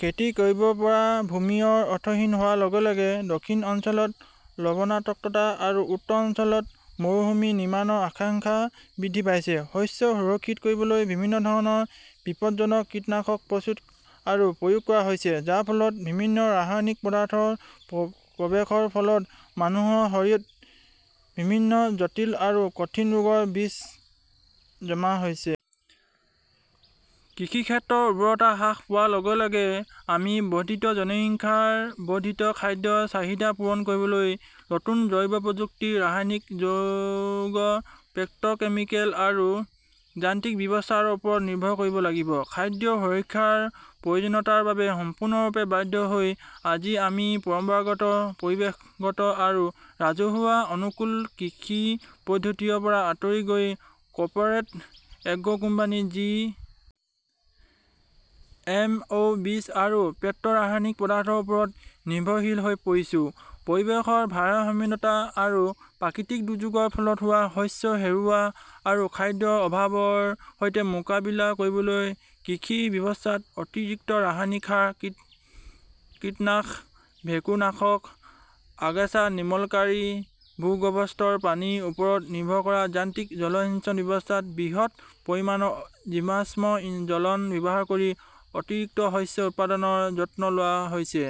খেতি কৰিব পৰা ভূমিৰ অৰ্থহীন হোৱাৰ লগে লগে দক্ষিণ অঞ্চলত লবণাক্ততা আৰু উত্তৰ অঞ্চলত মৰুভূমি নিৰ্মাণৰ আশংকা বৃদ্ধি পাইছে। শস্য সুৰক্ষিত কৰিবলৈ বিভিন্ন ধৰণৰ বিপদজনক কীটনাশক প্ৰস্তুত আৰু প্ৰয়োগ কৰা হৈছে, যাৰ ফলত বিভিন্ন ৰাসায়নিক পদাৰ্থৰ প্ৰৱেশৰ ফলত মানুহৰ শৰীৰত বিভিন্ন জটিল আৰু কঠিন ৰোগৰ বীজ জমা হৈছে। কৃষিক্ষেত্ৰৰ উৰ্বৰতা হ্ৰাস পোৱাৰ লগে লগে আমি বৰ্ধিত জনসংখ্যাৰ বৰ্ধিত খাদ্যৰ চাহিদা পূৰণ কৰিবলৈ নতুন জৈৱ প্ৰযুক্তি, ৰাসায়নিক যৌগ, পেট্ৰʼকেমিকেল আৰু যান্ত্ৰিক ব্যৱস্থাৰ ওপৰত নিৰ্ভৰ কৰিব লাগিব। খাদ্য সুৰক্ষাৰ প্ৰয়োজনীয়তাৰ বাবে সম্পূৰ্ণৰূপে বাধ্য হৈ, আজি আমি পৰম্পৰাগত, পৰিৱেশগত আৰু ৰাজহুৱা-অনুকূল কৃষি পদ্ধতিৰ পৰা আঁতৰি গৈ কৰ্পোৰেট এগ্ৰ 'কোম্পানীৰ জি. এম. অ'. বীজ আৰু পেট্ৰʼৰাসায়নিক পদাৰ্থৰ ওপৰত নিৰ্ভৰশীল হৈ পৰিছো। পৰিৱেশৰ ভাৰসাম্যহীনতা আৰু প্ৰাকৃতিক দুৰ্যোগৰ ফলত হোৱা শস্য হেৰুওৱা আৰু খাদ্যৰ অভাৱৰ সৈতে মোকাবিলা কৰিবলৈ কৃষি ব্যৱস্থাত অতিৰিক্ত ৰাসায়নিক সাৰ, কীটনাশক, ভেঁকুৰনাশক, আগাছা নিৰ্মূলকাৰী, ভূগৰ্ভস্থ পানীৰ ওপৰত নিৰ্ভৰ কৰা যান্ত্ৰিক জলসিঞ্চন ব্যৱস্থাত বৃহৎ পৰিমাণৰ জীৱাশ্ম জ্বলন ব্যৱহাৰ কৰি অতিৰিক্ত শস্য উৎপাদনৰ যত্ন লোৱা হৈছে।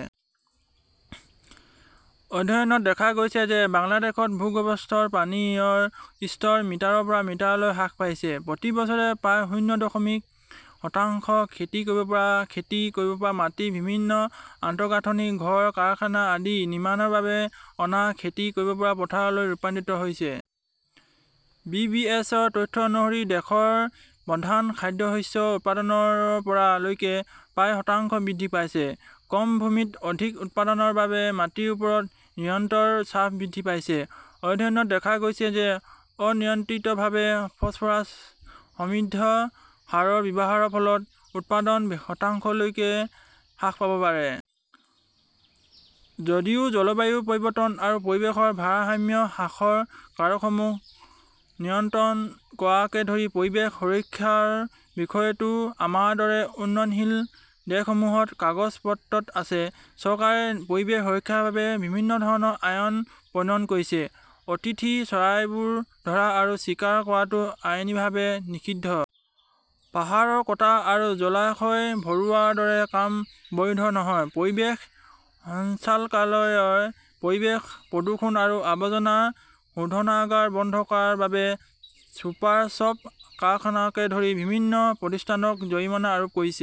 অধ্যয়নত দেখা গৈছে যে বাংলাদেশত ভূগৰ্ভস্থ পানীৰ স্তৰ মিটাৰৰ পৰা মিটাৰলৈ হ্ৰাস পাইছে। প্ৰতি বছৰে প্ৰায় শূন্য দশমিক শতাংশ খেতি কৰিব পৰা খেতি কৰিব পৰা মাটি বিভিন্ন আন্তঃগাঁথনি, ঘৰ, কাৰখানা আদি নিৰ্মাণৰ বাবে অনা-খেতি কৰিব পৰা পথাৰলৈ ৰূপান্তৰিত হৈছে। বিবিএছৰ তথ্য অনুসৰি, দেশৰ প্ৰধান খাদ্যশস্যৰ উৎপাদন ৰ পৰা লৈকে প্ৰায় শতাংশ বৃদ্ধি পাইছে। কম ভূমিত অধিক উৎপাদনৰ বাবে মাটিৰ ওপৰত নিৰন্তৰ চাপ বৃদ্ধি পাইছে। অধ্যয়নত দেখা গৈছে যে অনিয়ন্ত্ৰিতভাৱে ফছফৰাছ সমৃদ্ধ সাৰৰ ব্যৱহাৰৰ ফলত উৎপাদন শতাংশলৈকে হ্ৰাস পাব পাৰে। যদিও জলবায়ু পৰিৱৰ্তন আৰু পৰিৱেশৰ ভাৰসাম্য হ্ৰাসৰ কাৰকসমূহ নিয়ন্ত্ৰণ কৰাকে ধৰি পৰিৱেশ সুৰক্ষাৰ বিষয়টো আমাৰ দৰে উন্নয়নশীল দেশসমূহত কাগজ-পত্ৰত আছে। চৰকাৰে পৰিৱেশ সুৰক্ষাৰ বাবে বিভিন্ন ধৰণৰ আইন প্ৰণয়ন কৰিছে। অতিথি চৰাইবোৰ ধৰা আৰু চিকাৰ কৰাটো আইনীভাৱে নিষিদ্ধ। পাহাৰ কটা আৰু জলাশয় ভৰোৱাৰ দৰে কাম বৈধ নহয়। পৰিৱেশ সঞ্চালকালয়ই পৰিৱেশ প্ৰদূষণ আৰু আৱৰ্জনা শোধনাগাৰ বন্ধ কৰাৰ বাবে চুপাৰশ্বপ, কাৰখানাকে ধৰি বিভিন্ন প্ৰতিষ্ঠানক জৰিমনা আৰোপ কৰিছে।